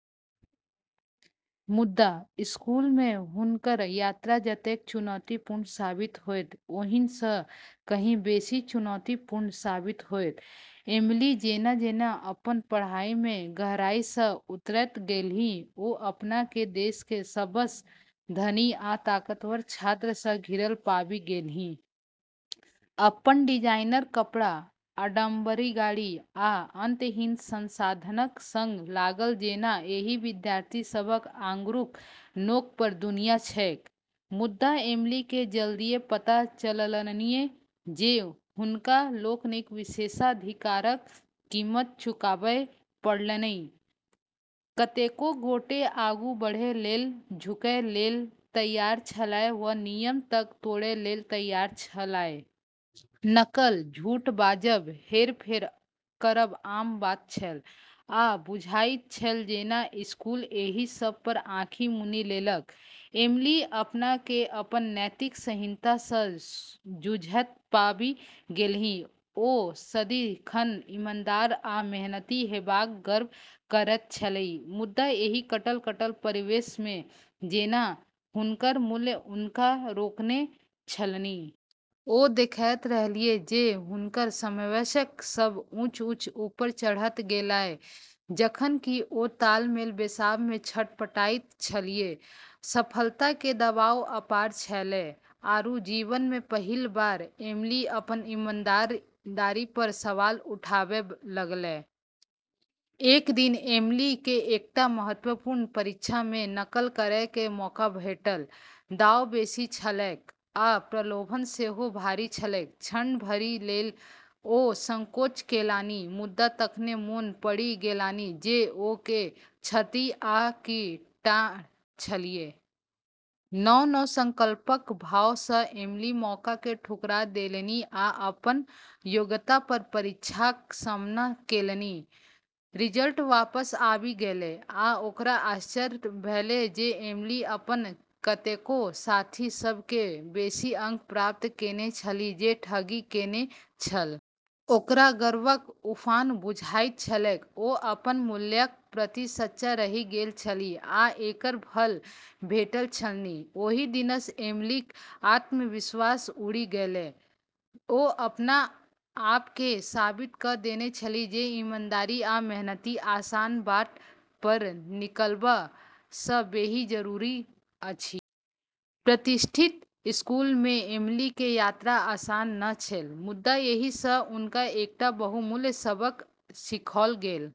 मुदा, स्कूल मे हुनकर यात्रा जतेक चुनौतीपूर्ण साबित होयत, ओहि सं कहीं बेसी चुनौतीपूर्ण साबित होयत। एमिली जेना-जेना अपन पढ़ाई मे गहराई स उतरैत गेलीह, ओ अपना के देश क सबस धनी आ ताकतवर छात्र स घिरल पाबि गेलीह। अपन डिजाइनर कपड़ा, आडंबरी गाड़ी, आ अंतहीन संसाधनक संग लागल जेना एहि विद्यार्थी सभक आँगुरक नोक पर दुनियाँ छैक। मुदा एमिली के जल्दिये पता चललनि जे हुनका लोकनिक विशेषाधिकारक कीमत चुकाबय पड़लनि; कतेको गोटे आगू बढ़य लेल झुकय लेल तैयार छलाह वा नियम तक तोड़य लेल तैयार छलाह। नकल, झूठ बाजब, हेरफेर करब आम बात छल, आ बुझाइत छल जेना स्कूल एहि सब पर आँखि मुनि लेलक। एमिली अपना के अपन नैतिक संहिता स जूझैत पाबि गेलीह। ओ सदिखन ईमानदार आ मेहनती हेबाक गर्व करैत छलीह, मुदा एहि कटल-कटल परिवेश मे जेना हुनकर मूल्य हुनका रोकने छलनि। ओ देखैत रहलीह जे हुनकर समवयस्क सभ ऊँच-ऊँच ऊपर चढ़ैत गेलाह, जखन कि ओ तालमेल बैसाब' मे छटपटाइत छलीह। सफलता के दबाव अपार छेलै, आरू जीवन में पहिल बार एमिली अपन ईमानदारी पर सवाल उठाबै लगलै। एक दिन एमिली के एकटा महत्वपूर्ण परीक्षा में नकल करय के मौका भेटल। दाँव बेसी छलैक, आ प्रलोभन सेहो भारी छलैक। क्षण भरि लेल ओ संकोच केलनि, मुदा तखने मोन पड़ि गेलनि जे ओ के छथि आ की ठाढ़ छलीह। नव-नव संकल्पक भाव सँ एमिली मौका के ठुकरा देलनि आ अपन योग्यता पर परीक्षाक सामना केलनि। रिजल्ट वापस आबि गेलै, आ ओकरा आश्चर्य भेलै जे एमिली अपन कतेको साथी सब स बेसी अंक प्राप्त केने छलीह जे ठगी केने छल। ओकरा गर्वक उफान बुझाइत छलैक; ओ अपन मूल्यक प्रति सच्चा रहि गेल छलीह, आ एकर फल भेटल छलनि। ओहि दिनसँ एमिलीक आत्मविश्वास उड़ि गेलै। ओ अपना आप के साबित क देने छलीह जे ईमानदारी आ मेहनति आसान बाट पर निकलबा सँ बेसी जरूरी अछि। प्रतिष्ठित स्कूल मे एमिली के यात्रा आसान नै छल, मुदा एहि सं हुनका एकटा बहुमूल्य सबक सिखओल गेल।